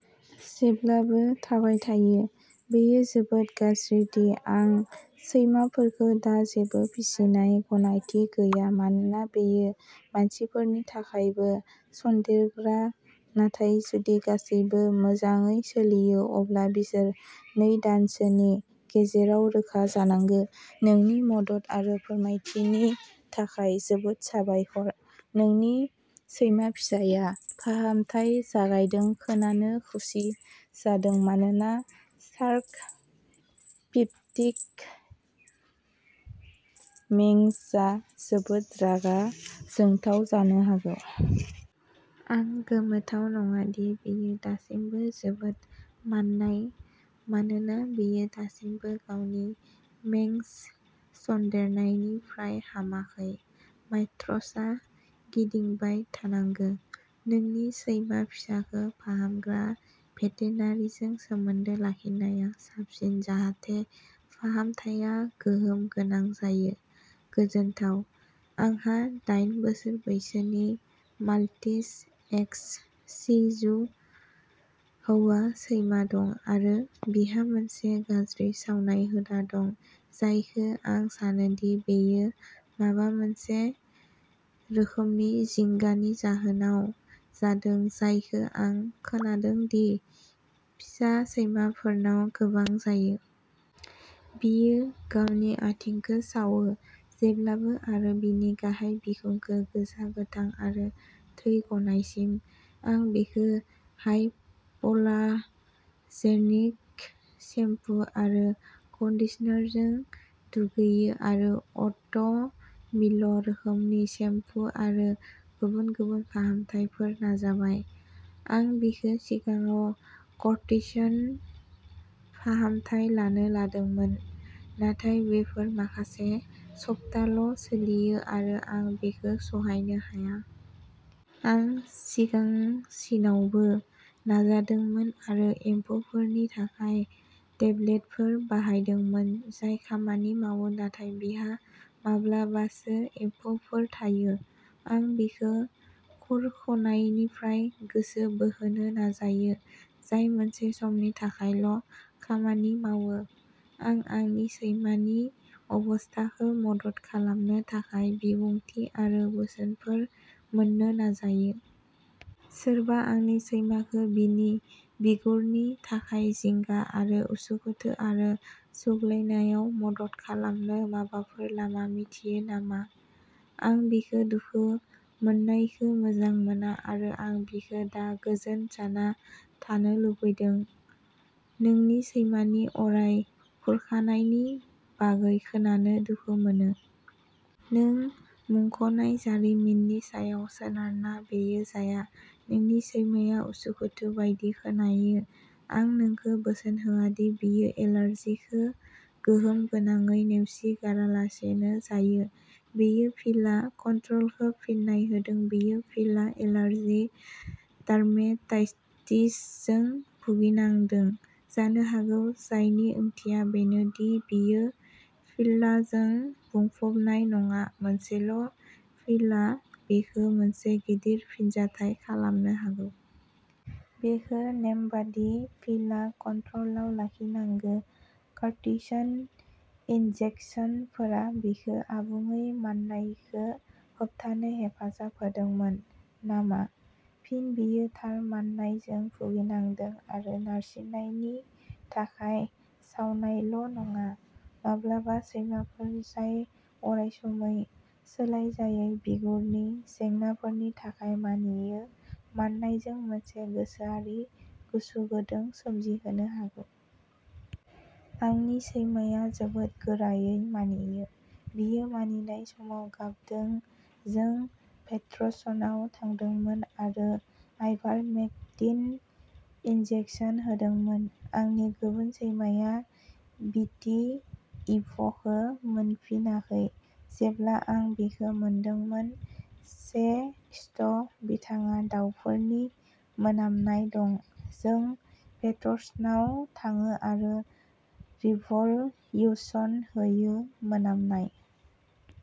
जेब्लाबो थाबाय थायो। बेयो जोबोद गाज्रिदि आं सैमाफोरखौ दा जेबो फिसिनाय गनायथि गैया मानोना बेयो मानसिफोरनि थाखायबो सनदेरग्रा नाथाय जुदि गासिबो मोजाङै सोलियो अब्ला बिसोर नै दानसोनि गेजेराव रोखा जानांगौ। नोंनि मदद आरो फोरमायथिनि थाखाय जोबोद साबायखर नोंनि सैमा फिसाया फाहामथाय जागायदों खोनानो खुसि जादों मानोना सार्क'पिपतिक मेंजआ जोबोद रागा जोंथाव जानो हागौ। आं गोमोथाव नङादि बियो दासिमबो जोबोद माननाय मानोना बियो दासिमबो गावनि मेंज सन्देरनायनिफ्राय हामाखै। माइट्सआ गिदिंबाय थानांगो। नोंनि सैमा फिसाखो फाहामग्रा भेटेनारिजों सोमोन्दो लाखिनाया साबसिन जाहाथे फाहामथाया गोहोम गोनां जायो। गोजोनथाव। आंहा दाइन बोसोर बैसोनि माल्टिज एक्स शि जु हौवा सैमा दं आरो बिहा मोनसे गाज्रि सावनाय हुदा दं जायखो आं सानो दि बेयो माबा मोनसे रोखोमनि जिंगानि जाहोनाव जादों जायखो आं खोनादोंदि फिसा सैमाफोरनाव गोबां जायो। बियो गावनि आथिंखौ सावो। जेब्लाबो आरो बिनि गाहाय बिखुंखौ गोजा गोथां आरो थै गनायसिम। आं बिखौ हाइप'अलार्जेनिक सेम्पु आरो कन्डिशनारजों दुगैयो आरो अ'ट मिल रोखोमनि सेम्पु आरो गुबुन गुबुन फाहामथायफोर नाजाबाय। आं बिखौ सिगाङाव कर्टिसन फाहामथाय लानो लादोंमोन नाथाय बेफोर माखासे सप्ताल' सोलियो आरो आं बेखो सहायनो हाया। आं सिगांसिनावबो नाजादोंमोन आरो एम्फौफोरनि थाखाय टेबलेटफोर बाहायदोंमोन जाय खामानि मावो नाथाय बिहा माब्लाबासो एम्फौफोर थायो। आं बिखौ खुरख'नायनिफ्राय गोसो बोहोनो नाजायो जाय मोनसे समनि थाखायल' खामानि मावो। आं आंनि सैमानि अबस्थाखौ मदद खालामनो थाखाय बिबुंथि आरो बोसोनफोर मोन्नो नाजायो। सोरबा आंनि सैमाखो बिनि बिगुरनि थाखाय जिंगा आरो उसुखुथु आरो सुग्लायनायाव मदद खालामनो माबाफोर लामा मिथियो नामा? आं बिखो दुखु मोननायखौ मोजां मोना आरो आं बिखो दा गोजोन जाना थानो लुबैदों। नोंनि सैमानि अराय खुरखानायनि बागै खोनानो दुखु मोनो। नों मुंख'नाय जारिमिननि सायाव सोनारना बेयो जाया। नोंनि सैमाया उसुखुथु बायदि खोनायो। आं नोंखौ बोसोन होआदि बियो एलार्जिखौ गोहोम गोनाङै नेवसिगारालासेनो जायो। बियो फ्लिया कन्ट्र'लखौ फिन्नाय होदों बियो फ्लिया एलार्जि डार्मेटाइटिसजों भुगिनांदों जानो हागौ जायनि ओंथिया बेनोदि बियो फ्लियाजों बुंफबनाय नङा मोनसेल' फ्लियाआ बिखौ मोनसे गिदिर फिनजाथाय खालामनो हागौ। बिखो नेमबादि फिला कन्ट्र'लाव लाखिनांगो। कर्टिसन इन्जेक्सनफोरा बिखो आबुङै माननायखो होबथानो हेफाजाब होदोंमोन नामा? फिन बियो थार माननायजों भुगिनांदों आरो नारसिननायनि थाखाय सावनायल' नङा। माब्लाबा सैमाफोर जाय अरायसमै सोलाइजायै बिगुरनि जेंनाफोरनि थाखाय मानियो माननायजों मोनसे गोसोआरि गोसो गुदुं सोमजिहोनो हागौ। आंनि सैमाया जोबोद गोरायै मानियो। बियो मानिनाय समाव गाबदों जों भेट्सनाव थांदोंमोन आरो आइभारमेक्टिन इन्जेकसन होदोंमोन। आंनि गुबुन सैमाया बिटि इभ'खौ मोनफिनाखै। जेब्ला आं बिखौ मोनदोंमोन से स्ट बिथाङा दावफोरनि मोनामनाय दं। जों भेट्सनाव थाङो आरो रिभ'ल्युसन होयो मोनामनाय।